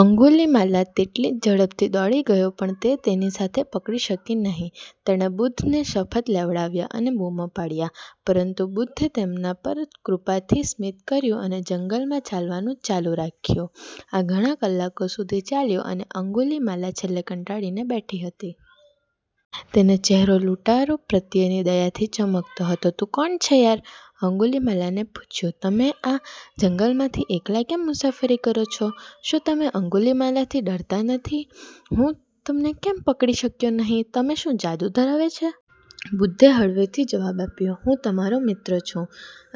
અંગુલિમાલા તેટલી ઝડપથી દોડી ગયો પણ તે તેની સાથે પકડી શકી નહીં. તેણે બુદ્ધને શપથ લેવડાવ્યા અને બુમો પાડ્યા, પરંતુ બુદ્ધે તેમના પર કૃપાથી સ્મિત કર્યું અને જંગલમાં ચાલવાનું ચાલુ રાખ્યું. આ ઘણા કલાકો સુધી ચાલ્યું અને અંગુલીમાલા છેલ્લે કંટાળીને બેઠી હતી. તેનો ચહેરો લૂંટારુ પ્રત્યેની દયાથી ચમકતો હતો. તું કોણ છે યાર? અંગુલિમાલાને પૂછ્યું. તમે આ જંગલમાંથી એકલા કેમ મુસાફરી કરો છો? શું તમે અંગુલિમાલાથી ડરતા નથી? હું તમને કેમ પકડી શક્યો નહીં? તમે શું જાદુ ધરાવે છે? બુદ્ધે હળવેથી જવાબ આપ્યો, હું તમારો મિત્ર છું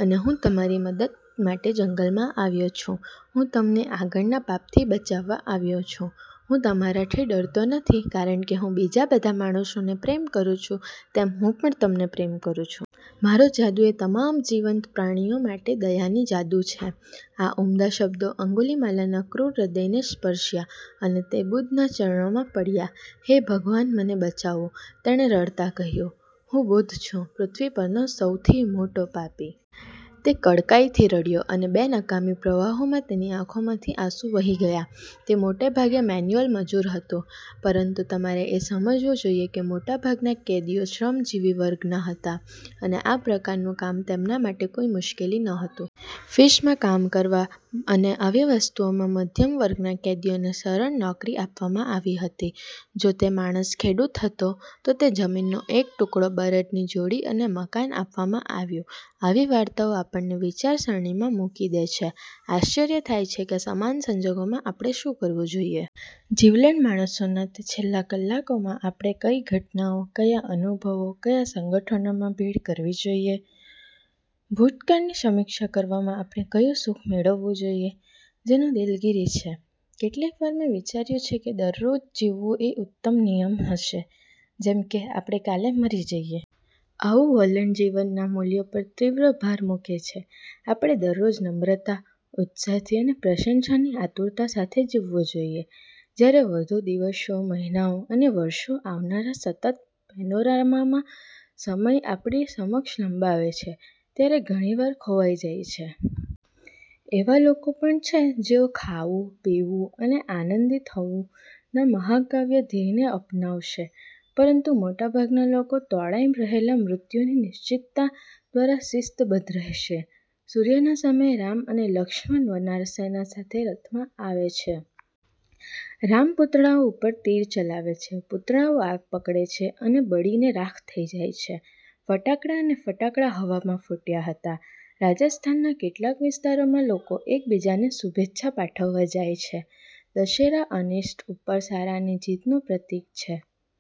અને હું તમારી મદદ માટે જંગલમાં આવ્યો છું. હું તમને આગળના પાપથી બચાવવા આવ્યો છું. હું તમારાથી ડરતો નથી કારણ કે હું બીજા બધા માણસોને પ્રેમ કરું છું તેમ હું પણ તમને પ્રેમ કરું છું. મારું જાદુ એ તમામ જીવંત પ્રાણીઓ માટે દયાની જાદુ છે. આ ઉમદા શબ્દો અંગુલિમાલાના ક્રૂર હૃદયને સ્પર્શ્યા અને તે બુદ્ધના ચરણોમાં પડ્યા. હે ભગવાન મને બચાવો! તેણે રડતાં કહ્યું, હું બુદ્ધ છું પૃથ્વી પરનો સૌથી મોટો પાપી. તે કડકાઈથી રડ્યો અને બે નકામી પ્રવાહોમાં તેની આંખોમાંથી આંસુઓ વહી ગયા. તે મોટે ભાગે મેન્યુઅલ મજૂર હતું, પરંતુ તમારે એ સમજવું જોઇએ કે મોટાભાગના કેદીઓ શ્રમજીવી વર્ગના હતા, અને આ પ્રકારનું કામ તેમના માટે કોઈ મુશ્કેલી ન હતું. -ફિસમાં કામ કરવા અને આવી વસ્તુઓમાં મધ્યમ વર્ગના કેદીઓને સરળ નોકરી આપવામાં આવી હતી. જો તે માણસ ખેડૂત હતો, તો તેને જમીનનો એક ટુકડો, બળદની જોડી અને મકાન આપવામાં આવ્યું. આવી વાર્તાઓ આપણને વિચારસરણીમાં મૂકી દે છે, આશ્ચર્ય થાય છે કે સમાન સંજોગોમાં આપણે શું કરવું જોઈએ. જીવલેણ માણસોના તે છેલ્લા કલાકોમાં આપણે કઈ ઘટનાઓ, કયા અનુભવો, કયા સંગઠનોમાં ભીડ કરવી જોઈએ? ભૂતકાળની સમીક્ષા કરવામાં આપણે કયું સુખ મેળવવું જોઈએ, જેનો દિલગીરી છે? કેટલીકવાર મેં વિચાર્યું છે કે દરરોજ જીવવું એ એક ઉત્તમ નિયમ હશે જેમ કે આપણે કાલે મરી જઈએ. આવું વલણ જીવનના મૂલ્યો પર તીવ્ર ભાર મૂકે છે. આપણે દરરોજ નમ્રતા, ઉત્સાહથી અને પ્રશંસાની આતુરતા સાથે જીવવું જોઈએ, જ્યારે વધુ દિવસો, મહિનાઓ અને વર્ષો આવનારા સતત પેનોરામામાં સમય આપણી સમક્ષ લંબાવે છે ત્યારે ઘણી વાર ખોવાઈ જાય છે. એવા લોકો પણ છે, જેઓ ખાવું, પીવું અને આનંદી થવુંના મહાકાવ્ય ધ્યેયને અપનાવશે, પરંતુ મોટાભાગના લોકો તોળાઈ રહેલા મૃત્યુની નિશ્ચિતતા દ્વારા શિસ્તબદ્ધ રહેશે. સૂર્યના સમયે રામ અને લક્ષ્મણ વનાર સેના સાથે રથમાં આવે છે. રામ પુતળાઓ ઉપર તીર ચલાવે છે. પુતળાઓ આગ પકડે છે અને બળીને રાખ થઈ જાય છે. ફટાકડા અને ફટાકડા હવામાં ફૂટ્યા હતા. રાજસ્થાનના કેટલાક વિસ્તારોમાં લોકો એક બીજાને શુભેચ્છા પાઠવવા જાય છે. દશેરા અનિષ્ટ ઉપર સારાની જીતનું પ્રતીક છે.